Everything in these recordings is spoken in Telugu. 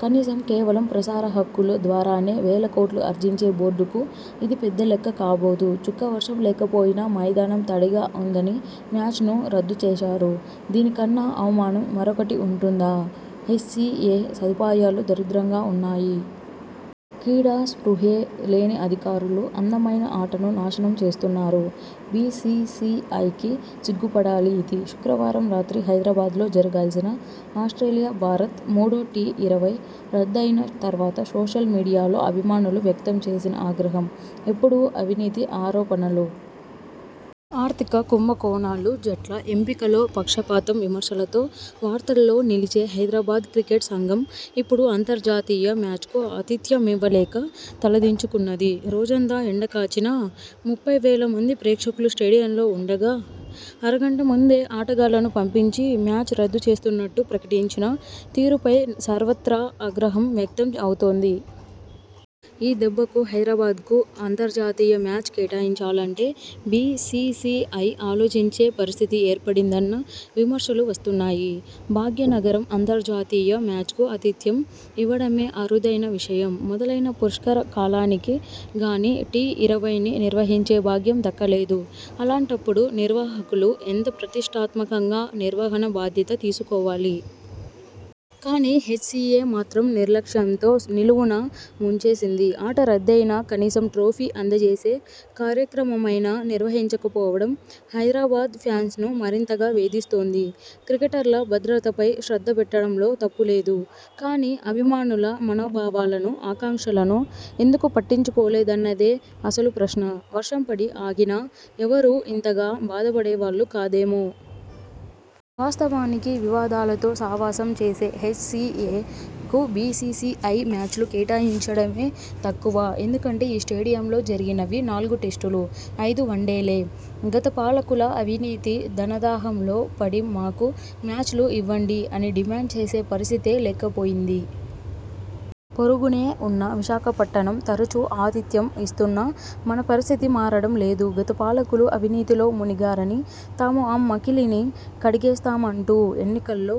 కనీసం.. కేవలం ప్రసార హక్కుల ద్వారానే వేల కోట్లు అర్జించే బోర్డుకు ఇది పెద్ద లెక్క కాబోదు..!. 'చుక్క వర్షం లేకపోయినా మైదానం తడిగా ఉందని మ్యాచ్ను రద్దు చేశారు. దీనికన్నా అవమానం మరొకటి ఉంటుందా? ' 'హెచ్ సి ఏ సదుపాయాలు దరిద్రంగా ఉన్నాయి. క్రీడా స్పృహే లేని అధికారులు.. అందమైన ఆటను నాశనం చేస్తున్నారు. బీ సీ సీ ఐ కి సిగ్గుపడాలి'. ఇది.. శుక్రవారం రాత్రి హైదరాబాద్లో జరగాల్సిన ఆస్ట్రేలియా-భారత్ మూడో టీ-ఇరవై రద్దయిన తర్వాత సోషల్ మీడియాలో అభిమానులు వ్యక్తం చేసిన ఆగ్రహం..! ఎప్పుడూ అవినీతి ఆరోపణలు.. ఆర్థిక కుంభకోణాలు.. జట్ల ఎంపికలో పక్షపాతం విమర్శలతో వార్తల్లో నిలిచే హైదరాబాద్ క్రికెట్ సంఘం ఇప్పుడు అంతర్జాతీయ మ్యాచ్కు ఆతిథ్యమివ్వలేక తలదించుకున్నది..! రోజంతా ఎండకాచినా.. ముప్పై వేల మంది ప్రేక్షకులు స్టేడియంలో ఉండగా, అరగంట ముందే ఆటగాళ్లను పంపించి, మ్యాచ్ రద్దు చేస్తున్నట్టు ప్రకటించిన తీరుపై సర్వత్రా ఆగ్రహం వ్యక్తం అవుతోంది..! ఈ దెబ్బకు హైదరాబాద్కు అంతర్జాతీయ మ్యాచ్ కేటాయించాలంటే బీ సీ సీ ఐ ఆలోచించే పరిస్థితి ఏర్పడిందన్న విమర్శలు వస్తున్నాయి..! భాగ్యనగరం అంతర్జాతీయ మ్యాచ్కు ఆతిథ్యం ఇవ్వడమే అరుదైన విషయం. మొదలైన పుష్కర కాలానికి గానీ టీ-ఇరవైని నిర్వహించే భాగ్యం దక్కలేదు. అలాంటప్పుడు నిర్వాహకులు ఎంత ప్రతిష్టాత్మకంగా నిర్వహణ బాధ్యత తీసుకోవాలి. కానీ, హెచ్సీఏ మాత్రం నిర్లక్ష్యంతో నిలువునా ముంచేసింది. ఆట రద్దయినా, కనీసం ట్రోఫీ అందజేసే కార్యక్రమమైనా నిర్వహించకపోవడం హైదరాబాద్ ఫ్యాన్స్ ను మరింతగా వేధిస్తోంది. క్రికెటర్ల భద్రతపై శ్రద్ధ పెట్టడం లో తప్పులేదు కానీ, అభిమానుల మనోభావాలను, ఆకాంక్షలను ఎందుకు పట్టించుకోలేదన్నదే అసలు ప్రశ్న.! వర్షం పడి ఆగినా ఎవరూ ఇంతగా బాధపడేవాళ్లు కాదేమో! వాస్తవానికి వివాదాలతో సావాసం చేసే హెచ్ సి ఏ కు బీ సీ సీ ఐ మ్యాచ్లు కేటాయించడమే తక్కువ. ఎందుకంటే ఈ స్టేడియంలో జరిగినవి నాలుగు టెస్టులు, ఐదు వన్డేలే.! గత పాలకుల అవినీతి ధనదాహంలో పడి మాకు మ్యాచ్లు ఇవ్వండి అని డిమాండ్ చేసే పరిస్థితే లేకపోయింది. పొరుగునే ఉన్న విశాఖపట్టణం తరచూ ఆతిథ్యం ఇస్తున్నా, మన పరిస్థితి మారడం లేదు. గత పాలకులు అవినీతిలో మునిగారని, తాము ఆ మకిలిని కడిగేస్తామంటూ ఎన్నికల్లో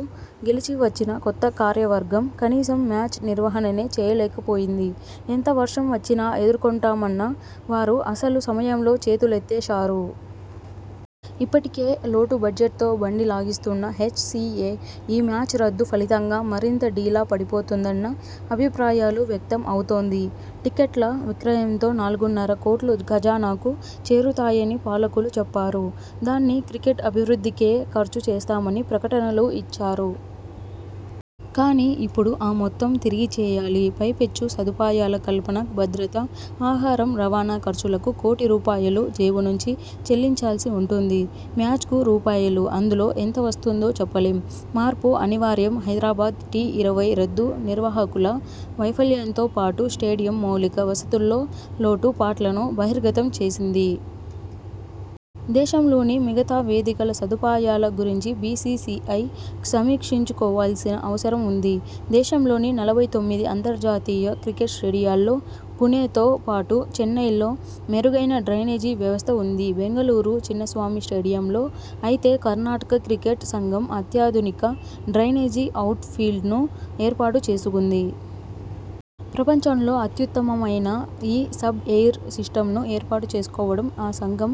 గెలిచి వచ్చిన కొత్త కార్యవర్గం కనీసం మ్యాచ్ నిర్వహణనే చేయలేకపోయింది. ఎంత వర్షం వచ్చినా ఎదుర్కొంటామన్న వారు అసలు సమయంలో చేతులెత్తేశారు. ఇప్పటికే లోటు బడ్జెట్తో బండి లాగిస్తున్న హెచ్ సి ఏ ఈ మ్యాచ్ రద్దు ఫలితంగా మరింత డీలా పడిపోతుందన్న అభిప్రాయాలు వ్యక్తం అవుతోంది. టిక్కెట్ల విక్రయంతో నాలుగున్నర కోట్లు ఖజానాకు చేరుతాయని పాలకులు చెప్పారు. దాన్ని క్రికెట్ అభివృద్ధికే ఖర్చు చేస్తామని ప్రకటనలూ ఇచ్చారు. కానీ, ఇప్పుడు ఆ మొత్తం తిరిగిచ్చేయాలి. పైపెచ్చు సదుపాయాల కల్పన, భద్రత, ఆహారం, రవాణా ఖర్చులకు కోటి రూపాయాలు జేబు నుంచి చెల్లించాల్సి ఉంటుంది. మ్యాచ్కు రూపాయలు. అందులో ఎంత వస్తుందో చెప్పలేం! మార్పు అనివార్యం హైదరాబాద్ టీ-ఇరవై రద్దు నిర్వాహకుల వైఫల్యంతోపాటు స్టేడియం మౌలిక వసతుల్లో లోటు పాట్లను బహిర్గతం చేసింది. దేశంలోని మిగతా వేదికల సదుపాయాల గురించి బీ సీ సీ ఐ సమీక్షించుకోవాల్సిన అవసరం ఉంది. దేశంలోని నలభై తొమ్మిది అంతర్జాతీయ క్రికెట్ స్టేడియాల్లో పుణెతో పాటు చెన్నైల్లో మెరుగైన డ్రైనేజీ వ్యవస్థ ఉంది. బెంగళూరు చిన్నస్వామి స్టేడియంలో అయితే కర్ణాటక క్రికెట్ సంఘం అత్యాధునిక డ్రైనేజీ, అవుట్ ఫీల్డ్ను ఏర్పాటు చేసుకుంది. ప్రపంచంలో అత్యుత్తమమైన ఈ సబ్ఎయిర్ సిస్టమ్ను ఏర్పాటు చేసుకోవడం ఆ సంఘం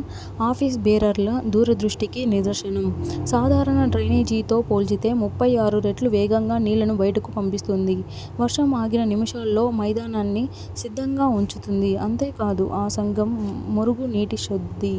ఆఫీస్ బేరర్ల దూరదృష్టికి నిదర్శనం. సాధారణ డ్రైనేజీతో పోల్చితే ముప్పై ఆరు రెట్లు వేగంగా నీళ్లను బయటకు పంపిస్తుంది. వర్షం ఆగిన నిమిషాల్లో మైదానాన్ని సిద్ధంగా ఉంచుతుంది. అంతేకాదు ఆ సంఘం మురుగు నీటి శుద్ది